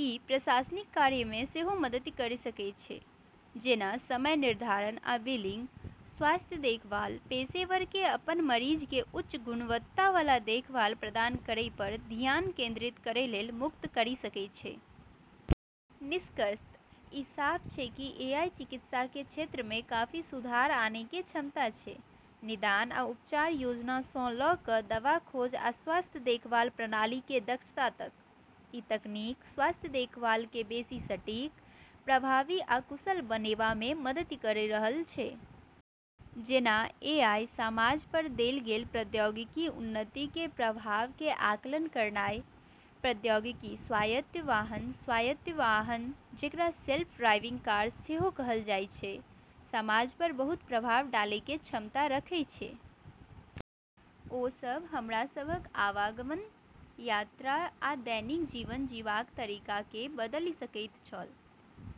ई प्रशासनिक कार्यमे सेहो मदति करि सकै छै, जेना समय निर्धारण आ बिलिंग, स्वास्थ्य देखभाल पेशेवरके अपन मरीजके उच्च गुणवत्ताबला देखभाल प्रदान करै पर धियान केंद्रित करै लेल मुक्त करि सकै छै । निष्कर्षतः ई साफ छै कि एआईमे चिकित्साके क्षेत्रमे काफी सुधार आनैके क्षमता छै। निदान आ उपचार योजनासँ ल' क' दवा खोज आ स्वास्थ्य देखभाल प्रणालीके दक्षता तक, ई तकनीक स्वास्थ्य देखभालके बेशी सटीक, प्रभावी आ कुशल बनेबामे मदति करि रहल छै । जेना ए. आई. समाज पर देल गेल प्रौद्योगिकी उन्नतिके प्रभावके आकलन करनाइ। प्रौद्योगिकी: स्वायत्त वाहन स्वायत्त वाहन, जेकरा सेल्फ ड्राइविंग कार सेहो कहल जाइ छै, समाज पर बहुत प्रभाव डालैके क्षमता रखै छै। ओ सब हमरा सबहक आवागमन, यात्रा आ दैनिक जीवन जीबाक तरीकाके बदलि सकैत छल।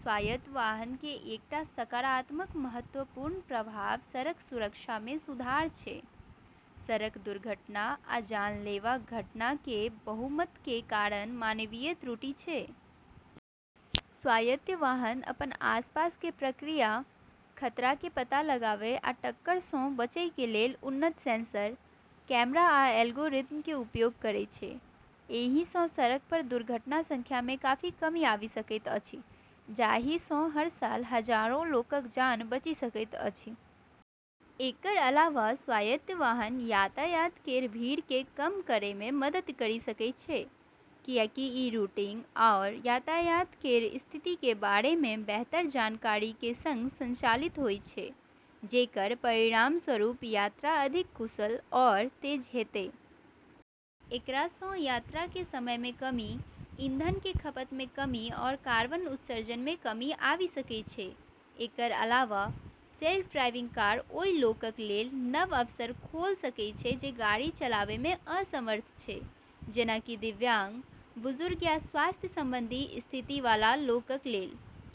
स्वायत्त वाहनके एकटा सकारात्मक महत्वपूर्ण प्रभाव सड़क सुरक्षामे सुधार छै । सड़क दुर्घटना आ जानलेवा घटनाके बहुमतके कारण मानवीय त्रुटि छै। स्वायत्त वाहन अपन आसपासके प्रक्रिया, खतराके पता लगाबै आ टक्करसँ बचैके लेल उन्नत सेंसर, कैमरा आ एल्गोरिदमके उपयोग करै छै । एहिसँ सड़क पर दुर्घटनाके संख्यामे काफी कमी आबि सकैत अछि, जाहिसँ हर साल हजारों लोकक जान बचि सकैत अछि। एकर अलावा स्वायत्त वाहन यातायात केर भीड़के कम करैमे मदति करि सकै छै, किएकि ई रूटिंग आओर यातायात केर स्थितिके बारेमे बेहतर जानकारीके सङ्ग संचालित होइ छै, जेकर परिणामस्वरूप यात्रा अधिक कुशल आओर तेज हेतै । एकरासँ यात्राके समयमे कमी, ईंधनके खपतमे कमी आओर कार्बन उत्सर्जनमे कमी आबि सकै छै। एकर अलावा, सेल्फ ड्राइविंग कार ओइ लोकक लेल नव अवसर खोल सकै छै जे गाड़ी चलाबैमे असमर्थ छै, जेना कि दिव्यांग, बुजुर्ग या स्वास्थ्य संबंधी स्थिति वाला लोकक लेल ।